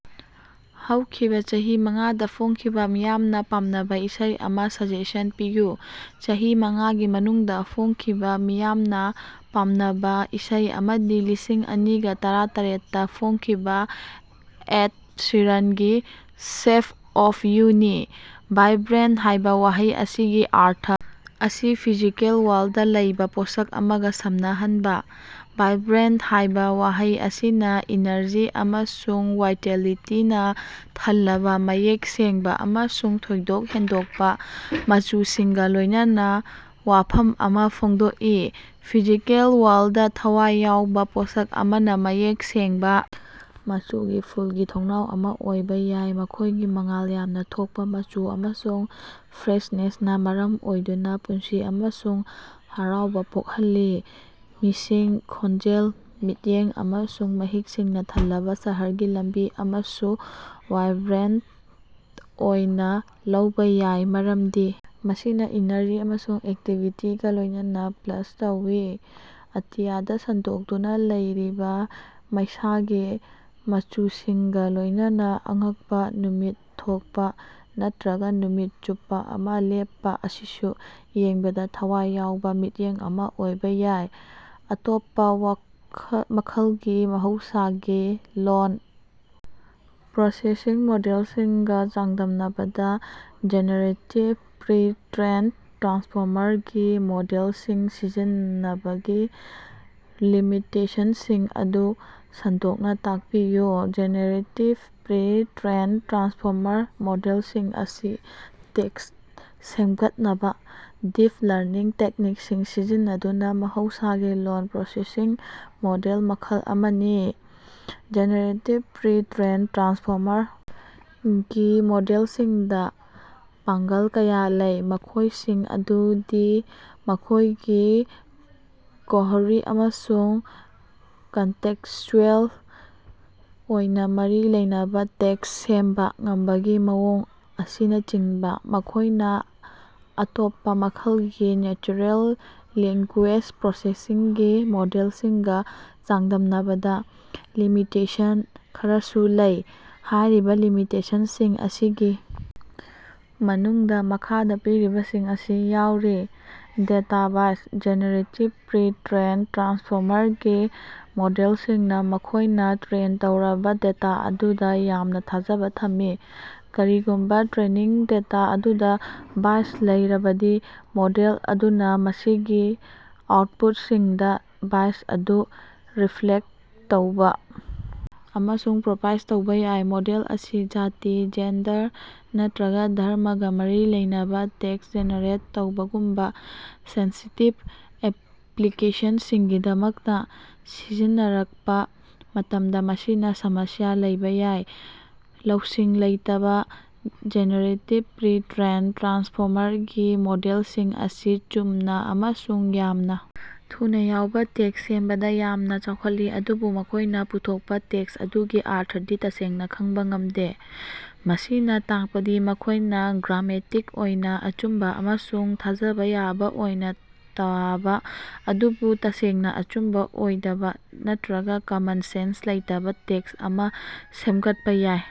ꯍꯧꯈꯤꯕ ꯆꯍꯤ ꯃꯉꯥꯗ ꯐꯣꯡꯈꯤꯕ ꯃꯤꯌꯥꯝꯅ ꯄꯥꯝꯅꯕ ꯏꯁꯩ ꯑꯃ ꯁꯖꯦꯁꯟ ꯄꯤꯌꯨ꯫ ꯆꯍꯤ ꯃꯉꯥꯒꯤ ꯃꯅꯨꯡꯗ ꯐꯣꯡꯈꯤꯕ ꯃꯤꯌꯥꯝꯅ ꯄꯥꯝꯅꯕ ꯏꯁꯩ ꯑꯃꯗꯤ ꯂꯤꯁꯤꯡ ꯑꯅꯤꯒ ꯇꯔꯥꯇꯔꯦꯠꯇ ꯐꯣꯡꯈꯤꯕ ꯑꯦꯗ ꯁꯤꯔꯟꯒꯤ "ꯁꯦꯞ ꯑꯣꯐ ꯌꯨ" ꯅꯤ꯫ "ꯚꯥꯏꯕ꯭ꯔꯦꯟꯇ" ꯍꯥꯏꯕ ꯋꯥꯍꯩ ꯑꯁꯤꯒꯤ ꯑꯔꯊ ꯑꯁꯤ ꯐꯤꯖꯤꯀꯦꯜ ꯋꯥꯔꯜꯗꯗ ꯂꯩꯕ ꯄꯣꯠꯁꯛ ꯑꯃꯒ ꯁꯝꯅꯍꯟꯕ꯫ "ꯚꯥꯏꯕ꯭ꯔꯦꯟꯇ" ꯍꯥꯏꯕ ꯋꯥꯍꯩ ꯑꯁꯤꯅ ꯏꯅꯔꯖꯤ ꯑꯃꯁꯨꯡ ꯋꯥꯏꯇꯦꯂꯤꯇꯤꯅꯥ ꯊꯜꯂꯕ, ꯃꯌꯦꯛ ꯁꯦꯡꯕ ꯑꯃꯁꯨꯡ ꯊꯣꯏꯗꯣꯛ ꯍꯦꯟꯗꯣꯛꯄ ꯃꯆꯨꯁꯤꯡꯒ ꯂꯣꯏꯅꯅ ꯋꯥꯐꯝ ꯑꯃ ꯐꯣꯡꯗꯣꯛꯏ꯫ ꯐꯤꯖꯤꯀꯦꯜ ꯋꯥꯔꯜꯗꯇ, ꯊꯋꯥꯏ ꯌꯥꯎꯕ ꯄꯣꯠꯁꯛ ꯑꯃꯅ ꯃꯌꯦꯛ ꯁꯦꯡꯕ ꯃꯆꯨꯒꯤ ꯐꯨꯜꯒꯤ ꯊꯣꯡꯅꯥꯎ ꯑꯃ ꯑꯣꯏꯕ ꯌꯥꯏ, ꯃꯈꯣꯏꯒꯤ ꯃꯉꯥꯜ ꯌꯥꯝꯅ ꯊꯣꯛꯄ ꯃꯆꯨ ꯑꯃꯁꯨꯡ ꯐ꯭ꯔꯦꯁꯅꯦꯁꯅ ꯃꯔꯝ ꯑꯣꯏꯗꯨꯅ ꯄꯨꯟꯁꯤ ꯑꯃꯁꯨꯡ ꯍꯔꯥꯎꯕ ꯄꯣꯛꯍꯜꯂꯤ꯫ ꯃꯤꯁꯤꯡ, ꯈꯣꯟꯖꯦꯜ, ꯃꯤꯠꯌꯦꯡ ꯑꯃꯁꯨꯡ ꯃꯍꯤꯛꯁꯤꯡꯅ ꯊꯜꯂꯕ ꯁꯍꯔꯒꯤ ꯂꯝꯕꯤ ꯑꯃꯁꯨ ꯋꯥꯏꯕ꯭ꯔꯦꯟꯇ ꯑꯣꯏꯅ ꯂꯧꯕ ꯌꯥꯏ, ꯃꯔꯝꯗꯤ ꯃꯁꯤꯅ ꯏꯅꯔꯖꯤ ꯑꯃꯁꯨꯡ ꯑꯦꯛꯇꯤꯕꯤꯇꯤꯒ ꯂꯣꯏꯅꯅ ꯄ꯭ꯂꯁ ꯇꯧꯏ꯫ ꯑꯇꯤꯌꯥꯗ ꯁꯟꯗꯣꯛꯇꯨꯅ ꯂꯩꯔꯤꯕ ꯃꯩꯁꯥꯒꯤ ꯃꯆꯨꯁꯤꯡꯒ ꯂꯣꯏꯅꯅ ꯑꯉꯛꯄ ꯅꯨꯃꯤꯠ ꯊꯣꯛꯄ ꯅꯠꯇ꯭ꯔꯒ ꯅꯨꯃꯤꯠ ꯆꯨꯞꯄ ꯑꯃ ꯂꯦꯞꯄ ꯑꯁꯤꯁꯨ ꯌꯦꯡꯕꯗ ꯊꯋꯥꯏ ꯌꯥꯎꯕ ꯃꯤꯠꯌꯦꯡ ꯑꯃ ꯑꯣꯏꯕ ꯌꯥꯏ꯫ ꯑꯇꯣꯞꯄ ꯃꯈꯜꯒꯤ ꯃꯍꯧꯁꯥꯒꯤ ꯂꯣꯜ ꯄ꯭ꯔꯣꯁꯦꯁꯤꯡ ꯃꯣꯗꯦꯜꯁꯤꯡꯒ ꯆꯥꯡꯗꯝꯅꯕꯗ ꯖꯦꯅꯦꯔꯦꯇꯤꯚ ꯄ꯭ꯔꯤ-ꯇ꯭ꯔꯦꯟꯗ ꯇ꯭ꯔꯥꯟꯁꯐꯣꯃꯔ ꯒꯤ ꯃꯣꯗꯦꯜꯁꯤꯡ ꯁꯤꯖꯤꯟꯅꯕꯒꯤ ꯂꯤꯃꯤꯇꯦꯁꯟꯁꯤꯡ ꯑꯗꯨ ꯁꯟꯗꯣꯛꯅ ꯇꯥꯛꯄꯤꯌꯨ꯫ ꯖꯦꯅꯦꯔꯦꯇꯤꯚ ꯄ꯭ꯔꯤ-ꯇ꯭ꯔꯦꯟꯗ ꯇ꯭ꯔꯥꯟꯁꯐꯣꯃꯔ ꯃꯣꯗꯦꯜꯁꯤꯡ ꯑꯁꯤ ꯇꯦꯛꯁ ꯁꯦꯝꯒꯠꯅꯕ ꯗꯤꯞ ꯂꯔꯅꯤꯡ ꯇꯦꯛꯅꯤꯛꯁꯤꯡ ꯁꯤꯖꯤꯟꯅꯗꯨꯅ ꯃꯍꯧꯁꯥꯒꯤ ꯂꯣꯜ ꯄ꯭ꯔꯣꯁꯦꯁꯤꯡ ꯃꯣꯗꯦꯜ ꯃꯈꯜ ꯑꯃꯅꯤ꯫ ꯖꯦꯅꯦꯔꯦꯇꯤꯚ ꯄ꯭ꯔꯤ-ꯇ꯭ꯔꯦꯟꯗ ꯇ꯭ꯔꯥꯟꯁꯐꯣꯃꯔ ꯒꯤ ꯃꯣꯗꯦꯜꯁꯤꯡꯗ ꯄꯥꯡꯒꯜ ꯀꯌꯥ ꯂꯩ, ꯃꯈꯣꯏꯁꯤꯡ ꯑꯗꯨꯗꯤ ꯃꯈꯣꯏꯒꯤ ꯀꯣꯍꯔꯤ ꯑꯃꯁꯨꯡ ꯀꯟꯇꯦꯛꯁꯆꯨꯑꯦꯜ ꯑꯣꯏꯅ ꯃꯔꯤ ꯂꯩꯅꯕ ꯇꯦꯛꯁ ꯁꯦꯝꯕ ꯉꯝꯕꯒꯤ ꯃꯑꯣꯡ ꯑꯁꯤꯅꯆꯤꯡꯕ, ꯃꯈꯣꯏꯅ ꯑꯇꯣꯞꯄ ꯃꯈꯜꯒꯤ ꯅꯦꯆꯔꯦꯜ ꯂꯦꯡꯒ꯭ꯌꯨꯑꯦꯁ ꯄ꯭ꯔꯣꯁꯦꯁꯤꯡꯒꯤ ꯃꯣꯗꯦꯜꯁꯤꯡꯒ ꯆꯥꯡꯗꯝꯅꯕꯗ ꯂꯤꯃꯤꯇꯦꯁꯟ ꯈꯔꯁꯨ ꯂꯩ꯫ ꯍꯥꯏꯔꯤꯕ ꯂꯤꯃꯤꯇꯦꯁꯟꯁꯤꯡ ꯑꯁꯤꯒꯤ ꯃꯅꯨꯡꯗ ꯃꯈꯥꯗ ꯄꯤꯔꯤꯕꯁꯤꯡ ꯑꯁꯤ ꯌꯥꯎꯔꯤ: ꯗꯦꯇꯥ ꯕꯥꯏꯁ: ꯖꯦꯅꯦꯔꯦꯇꯤꯚ ꯄ꯭ꯔꯤ-ꯇ꯭ꯔꯦꯟꯗ ꯇ꯭ꯔꯥꯟꯁꯐꯣꯃꯔꯒꯤ ꯃꯣꯗꯦꯜꯁꯤꯡꯅ ꯃꯈꯣꯢꯅ ꯇ꯭ꯔꯦꯟ ꯇꯧꯔꯕ ꯗꯦꯇꯥ ꯑꯗꯨꯗ ꯌꯥꯝꯅ ꯊꯥꯖꯕ ꯊꯝꯃꯤ꯫ ꯀꯔꯤꯒꯨꯝꯕ ꯇ꯭ꯔꯦꯅꯤꯡ ꯗꯦꯇꯥ ꯑꯗꯨꯗ ꯕꯥꯏꯁ ꯂꯩꯔꯕꯗꯤ ꯃꯣꯗꯦꯜ ꯑꯗꯨꯅ ꯃꯁꯤꯒꯤ ꯑꯥꯎꯠꯄꯨꯠꯁꯤꯡꯗ ꯕꯥꯏꯁ ꯑꯗꯨ ꯔꯤꯐ꯭ꯂꯦꯛꯇ ꯇꯧꯕ ꯑꯃꯁꯨꯡ ꯄ꯭ꯔꯣꯄꯥꯏꯖ ꯇꯧꯕ ꯌꯥꯏ꯫ ꯃꯣꯗꯦꯜ ꯑꯁꯤ ꯖꯥꯇꯤ, ꯖꯦꯟꯗꯔ ꯅꯠꯇ꯭ꯔꯒ ꯙꯔꯝꯃꯒ ꯃꯔꯤ ꯂꯩꯅꯕ ꯇꯦꯛꯁ ꯖꯦꯅꯦꯔꯦꯠ ꯇꯧꯕꯒꯨꯝꯕ ꯁꯦꯟꯁꯤꯇꯤꯚ ꯑꯦꯄ꯭ꯂꯤꯀꯦꯁꯟꯁꯤꯡꯒꯤꯗꯃꯛꯇ ꯁꯤꯖꯤꯟꯅꯔꯛꯄ ꯃꯇꯝꯗ ꯃꯁꯤꯅ ꯁꯃꯁ꯭ꯌꯥ ꯂꯩꯕ ꯌꯥꯏ꯫ ꯂꯧꯁꯤꯡ ꯂꯩꯇꯕ: ꯖꯦꯅꯦꯔꯦꯇꯤꯚ ꯄ꯭ꯔꯤ-ꯇ꯭ꯔꯦꯟꯗ ꯇ꯭ꯔꯥꯟꯁꯐꯣꯃꯔꯒꯤ ꯃꯣꯗꯦꯜꯁꯤꯡ ꯑꯁꯤ ꯆꯨꯝꯅ ꯑꯃꯁꯨꯡ ꯌꯥꯝꯅ ꯊꯨꯅ ꯌꯥꯎꯕ ꯇꯦꯛꯁ ꯁꯦꯝꯕꯗ ꯌꯥꯝꯅ ꯆꯥꯎꯈꯠꯂꯤ, ꯑꯗꯨꯕꯨ ꯃꯈꯣꯏꯅ ꯄꯨꯊꯣꯛꯄ ꯇꯦꯛꯁ ꯑꯗꯨꯒꯤ ꯑꯔꯊꯗꯤ ꯇꯁꯦꯡꯅ ꯈꯪꯕ ꯉꯝꯗꯦ ꯫ ꯃꯁꯤꯅ ꯇꯥꯛꯄꯗꯤ ꯃꯈꯣꯢꯅ ꯒ꯭ꯔꯥꯃꯦꯇꯤꯛ ꯑꯣꯏꯅ ꯑꯆꯨꯝꯕ ꯑꯃꯁꯨꯡ ꯊꯥꯖꯕ ꯌꯥꯕ ꯑꯣꯏꯅ ꯇꯥꯕ, ꯑꯗꯨꯕꯨ ꯇꯁꯦꯡꯅ ꯑꯆꯨꯝꯕ ꯑꯣꯏꯗꯕ, ꯅꯠꯇ꯭ꯔꯒ ꯀꯃꯟ ꯁꯦꯟꯁ ꯂꯩꯇꯕ ꯇꯦꯛꯁ ꯑꯃ ꯁꯦꯝꯒꯠꯄ ꯌꯥꯏ꯫